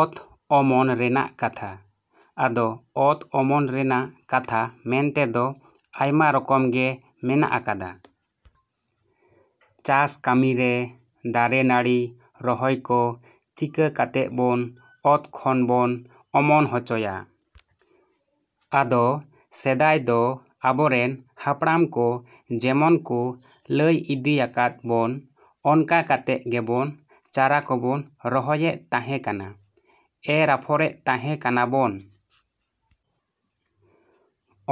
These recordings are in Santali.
ᱚᱛ ᱚᱢᱚᱱ ᱨᱮᱱᱟᱜ ᱠᱟᱛᱷᱟ ᱟᱫᱚ ᱚᱛ ᱚᱢᱚᱱ ᱨᱮᱱᱟᱜ ᱠᱟᱛᱷᱟ ᱢᱮᱱᱛᱮᱫᱚ ᱟᱭᱢᱟ ᱨᱚᱠᱚᱢ ᱜᱮ ᱢᱮᱱᱟᱜ ᱟᱠᱟᱫᱟ᱾ ᱪᱟᱥ ᱠᱟᱹᱢᱤᱨᱮ ᱫᱟᱨᱮ ᱱᱟᱹᱲᱤ ᱨᱚᱦᱚᱭ ᱠᱚ ᱪᱤᱠᱟᱹ ᱠᱟᱛᱮᱫ ᱵᱚᱱ ᱚᱛ ᱠᱷᱚᱱ ᱵᱚᱱ ᱚᱢᱚᱱ ᱦᱚᱪᱚᱭᱟ᱾ ᱟᱫᱚ ᱥᱮᱫᱟᱭ ᱫᱚ ᱟᱵᱚᱨᱮᱱ ᱦᱟᱯᱲᱟᱢ ᱠᱚ ᱡᱮᱢᱚᱱ ᱠᱚ ᱞᱟᱹᱭ ᱤᱫᱤᱭ ᱟᱠᱟᱫ ᱵᱚᱱ ᱚᱱᱠᱟ ᱠᱟᱛᱮᱫ ᱜᱮᱵᱚᱱ ᱪᱟᱨᱟ ᱠᱚᱵᱚᱱ ᱨᱚᱦᱚᱭᱮᱫ ᱛᱟᱦᱮᱸ ᱠᱟᱱᱟ, ᱮᱨ ᱟᱯᱷᱚᱨᱮᱫ ᱛᱟᱦᱮᱸ ᱠᱟᱱᱟ ᱵᱚᱱ᱾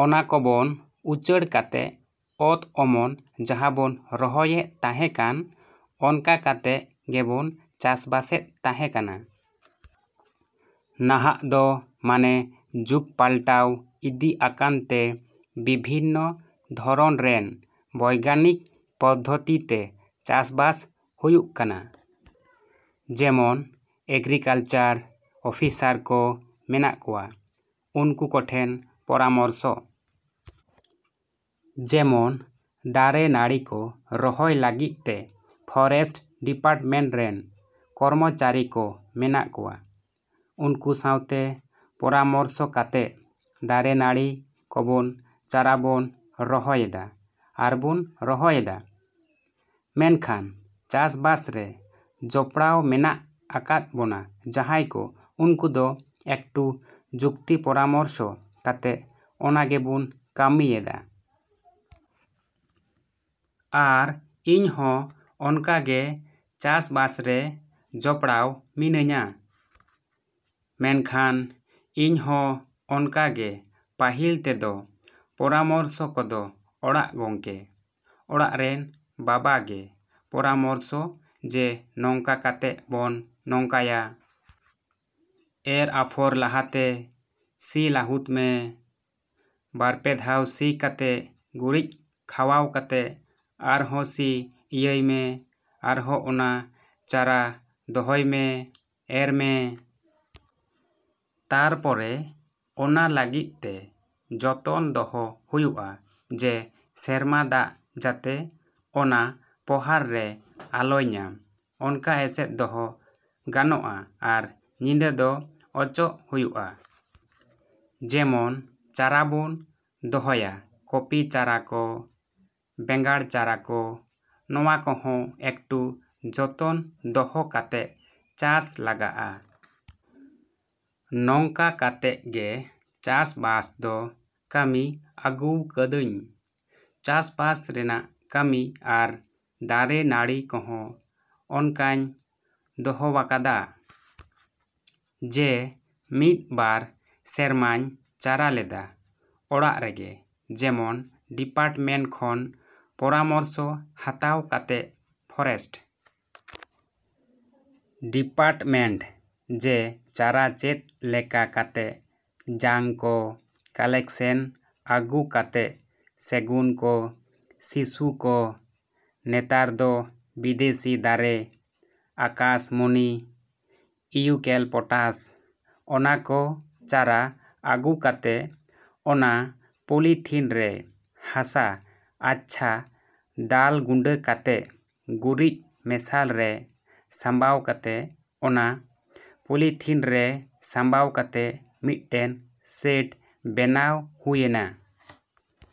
ᱚᱱᱟ ᱠᱚᱵᱚᱱ ᱩᱪᱟᱹᱲ ᱠᱟᱛᱮᱫ ᱚᱛ ᱚᱢᱚᱱ ᱡᱟᱦᱟᱸ ᱵᱚᱱ ᱨᱚᱦᱚᱭᱮᱫ ᱛᱟᱦᱮᱸ ᱠᱟᱱ ᱚᱱᱠᱟ ᱠᱟᱛᱮᱫ ᱜᱮᱵᱚᱱ ᱪᱟᱥᱵᱟᱥᱮᱫ ᱛᱟᱦᱮᱸ ᱠᱟᱱᱟ᱾ ᱱᱟᱦᱟᱜ ᱫᱚ ᱢᱟᱱᱮ ᱡᱩᱜᱽ ᱯᱟᱞᱴᱟᱣ ᱤᱫᱤ ᱟᱠᱟᱱᱛᱮ ᱵᱤᱵᱷᱤᱱᱱᱚ ᱫᱷᱚᱨᱚᱱ ᱨᱮᱱ ᱵᱚᱭᱜᱟᱱᱤᱠ ᱯᱚᱫᱫᱷᱚᱛᱤᱛᱮ ᱪᱟᱥᱵᱟᱥ ᱦᱩᱭᱩᱜ ᱠᱟᱱᱟ᱾ ᱡᱮᱢᱚᱱ ᱮᱜᱨᱤᱠᱟᱞᱪᱟᱨ ᱚᱯᱷᱤᱥᱟᱨ ᱠᱚ ᱢᱮᱱᱟᱜ ᱠᱚᱣᱟ, ᱩᱱᱠᱩ ᱠᱚᱴᱷᱮᱱ ᱯᱚᱨᱟᱢᱚᱨᱥᱚ᱾ ᱡᱮᱢᱚᱱ ᱫᱟᱨᱮ ᱱᱟᱹᱲᱤ ᱠᱚ ᱨᱚᱦᱚᱭ ᱞᱟᱹᱜᱤᱫ ᱛᱮ ᱯᱷᱚᱨᱮᱥᱴ ᱰᱤᱯᱟᱨᱴᱢᱮᱱᱴ ᱨᱮᱱ ᱠᱚᱨᱢᱚᱪᱟᱨᱤ ᱠᱚ ᱢᱮᱱᱟᱜ ᱠᱚᱣᱟ, ᱩᱱᱠᱩ ᱥᱟᱶᱛᱮ ᱯᱚᱨᱟᱢᱚᱨᱥᱚ ᱠᱟᱛᱮᱫ ᱫᱟᱨᱮ ᱱᱟᱹᱲᱤ ᱠᱚᱵᱚᱱ ᱪᱟᱨᱟᱵᱚᱱ ᱫᱚᱦᱚᱭᱮᱫᱟ ᱟᱨᱵᱚᱱ ᱨᱚᱦᱚᱭᱮᱫᱟ᱾ ᱢᱮᱱᱠᱷᱟᱱ ᱪᱟᱥᱵᱟᱥ ᱨᱮ ᱡᱚᱯᱲᱟᱣ ᱢᱮᱱᱟᱜ ᱟᱠᱟᱫ ᱵᱚᱱᱟ ᱡᱟᱦᱟᱸᱭ ᱠᱚ ᱩᱱᱠᱩ ᱫᱚ ᱮᱠᱴᱩ ᱡᱩᱠᱛᱤ ᱯᱚᱨᱟᱢᱚᱨᱥᱚ ᱠᱟᱛᱮᱫ ᱚᱱᱟ ᱜᱮᱵᱚᱱ ᱠᱟᱹᱢᱤᱭᱮᱫᱟ᱾ ᱟᱨ ᱤᱧ ᱦᱚᱸ ᱚᱱᱠᱟᱜᱮ ᱪᱟᱥᱵᱟᱥᱨᱮ ᱡᱚᱯᱲᱟᱣ ᱢᱤᱱᱟᱹᱧᱟ᱾ ᱢᱮᱱᱠᱷᱟᱱ ᱤᱧ ᱦᱚᱸ ᱚᱱᱠᱟᱜᱮ ᱯᱟᱦᱤᱞ ᱛᱮᱫᱚ ᱯᱚᱨᱟᱢᱚᱨᱥᱚ ᱠᱚᱫᱚ ᱚᱲᱟᱜ ᱜᱚᱝᱠᱮ, ᱚᱲᱟᱜ ᱨᱮᱱ ᱵᱟᱵᱟ ᱜᱮ ᱯᱚᱨᱟᱢᱚᱨᱥᱚ ᱡᱮ ᱱᱚᱝᱠᱟ ᱠᱟᱛᱮᱫ ᱵᱚᱱ ᱱᱚᱝᱠᱟᱭᱟ᱾ ᱮᱨ ᱟᱯᱷᱚᱨ ᱞᱟᱦᱟᱛᱮ ᱥᱤ ᱞᱟᱦᱩᱫ ᱢᱮ, ᱵᱟᱨᱯᱮ ᱫᱷᱟᱣ ᱥᱤ ᱠᱟᱛᱮᱫ ᱜᱩᱨᱤᱡ ᱠᱷᱟᱣᱟᱣ ᱠᱟᱛᱮᱫ ᱟᱨᱦᱚᱸ ᱥᱤ ᱤᱭᱟᱹᱭᱢᱮ ᱟᱨᱦᱚᱸ ᱚᱱᱟ ᱪᱟᱨᱟ ᱫᱚᱦᱚᱭᱢᱮ, ᱮᱨᱢᱮ᱾ ᱛᱟᱨᱯᱚᱨᱮ ᱚᱱᱟ ᱞᱟᱹᱜᱤᱫ ᱛᱮ ᱡᱚᱛᱚᱱ ᱫᱚᱦᱚ ᱦᱩᱭᱩᱜᱼᱟ ᱡᱮ ᱥᱮᱨᱢᱟ ᱫᱟᱜ ᱡᱟᱛᱮ ᱚᱱᱟ ᱯᱚᱦᱟᱨ ᱨᱮ ᱟᱞᱚᱭ ᱧᱟᱢ ᱚᱱᱠᱟ ᱮᱥᱮᱫ ᱫᱚᱦᱚ ᱜᱟᱱᱚᱜᱼᱟ ᱟᱨ ᱧᱤᱫᱟᱹ ᱫᱚ ᱚᱪᱚᱜ ᱦᱩᱭᱩᱜᱼᱟ᱾ ᱡᱮᱢᱚᱱ ᱪᱟᱨᱟᱵᱚᱱ ᱫᱚᱦᱚᱭᱟ ᱠᱚᱯᱤ ᱪᱟᱨᱟ ᱠᱚ, ᱵᱮᱸᱜᱟᱲ ᱪᱟᱨᱟ ᱠᱚ ᱱᱚᱣᱟ ᱠᱚᱦᱚᱸ ᱮᱠᱴᱩ ᱡᱚᱛᱚᱱ ᱫᱚᱦᱚ ᱠᱟᱛᱮᱫ ᱪᱟᱥ ᱞᱟᱜᱟᱜᱼᱟ᱾ ᱱᱚᱝᱠᱟ ᱠᱟᱛᱮᱫ ᱜᱮ ᱪᱟᱥ ᱵᱟᱥ ᱫᱚ ᱠᱟᱹᱢᱤ ᱟᱹᱜᱩᱣ ᱠᱟᱹᱫᱟᱹᱧ ᱪᱟᱥᱵᱟᱥ ᱨᱮᱱᱟᱜ ᱠᱟᱹᱢᱤ ᱟᱨ ᱫᱟᱨᱮ ᱱᱟᱲᱤ ᱠᱚᱦᱚᱸ ᱚᱱᱠᱟᱧ ᱫᱚᱦᱚᱣᱟᱠᱟᱫᱟ᱾ ᱡᱮ ᱢᱤᱫ ᱵᱟᱨ ᱥᱮᱨᱢᱟᱧ ᱪᱟᱨᱟ ᱞᱮᱫᱟ ᱚᱲᱟᱜ ᱨᱮᱜᱮ ᱡᱮᱢᱚᱱ ᱰᱤᱯᱟᱨᱴᱢᱮᱱᱴ ᱠᱷᱚᱱ ᱯᱚᱨᱟᱢᱚᱨᱥᱚ ᱦᱟᱛᱟᱣ ᱠᱟᱛᱮᱫ ᱯᱷᱚᱨᱮᱥᱴ ᱰᱤᱯᱟᱨᱴᱢᱮᱱᱴ ᱡᱮ ᱪᱟᱨᱟ ᱪᱮᱫ ᱞᱮᱠᱟ ᱠᱟᱛᱮᱫ ᱡᱟᱝ ᱠᱚ ᱠᱟᱞᱮᱠᱥᱮᱱ ᱟᱹᱜᱩ ᱠᱟᱛᱮᱫ ᱥᱮᱜᱩᱱ ᱠᱚ, ᱥᱤᱥᱩ ᱠᱚ, ᱱᱮᱛᱟᱨ ᱫᱚ ᱵᱤᱫᱮᱥᱤ ᱫᱟᱨᱮ ᱟᱠᱟᱥᱢᱩᱱᱤ, ᱤᱭᱩᱠᱮᱞᱯᱚᱴᱟᱥ ᱚᱱᱟ ᱠᱚ ᱪᱟᱨᱟ ᱟᱹᱜᱩ ᱠᱟᱛᱮᱫ ᱚᱱᱟ ᱯᱚᱞᱤᱛᱷᱤᱱ ᱨᱮ ᱦᱟᱥᱟ ᱟᱪᱪᱷᱟ ᱫᱟᱞ ᱜᱩᱸᱰᱟᱹ ᱠᱟᱛᱮᱫ ᱜᱩᱨᱤᱡ ᱢᱮᱥᱟᱞ ᱨᱮ ᱥᱟᱢᱵᱟᱣ ᱠᱟᱛᱮᱫ ᱚᱱᱟ ᱯᱚᱞᱮᱛᱷᱤᱱ ᱨᱮ ᱥᱟᱢᱵᱟᱣ ᱠᱟᱛᱮᱫ ᱢᱤᱫᱴᱮᱱ ᱥᱮᱰ ᱵᱮᱱᱟᱣ ᱦᱩᱭᱮᱱᱟ᱾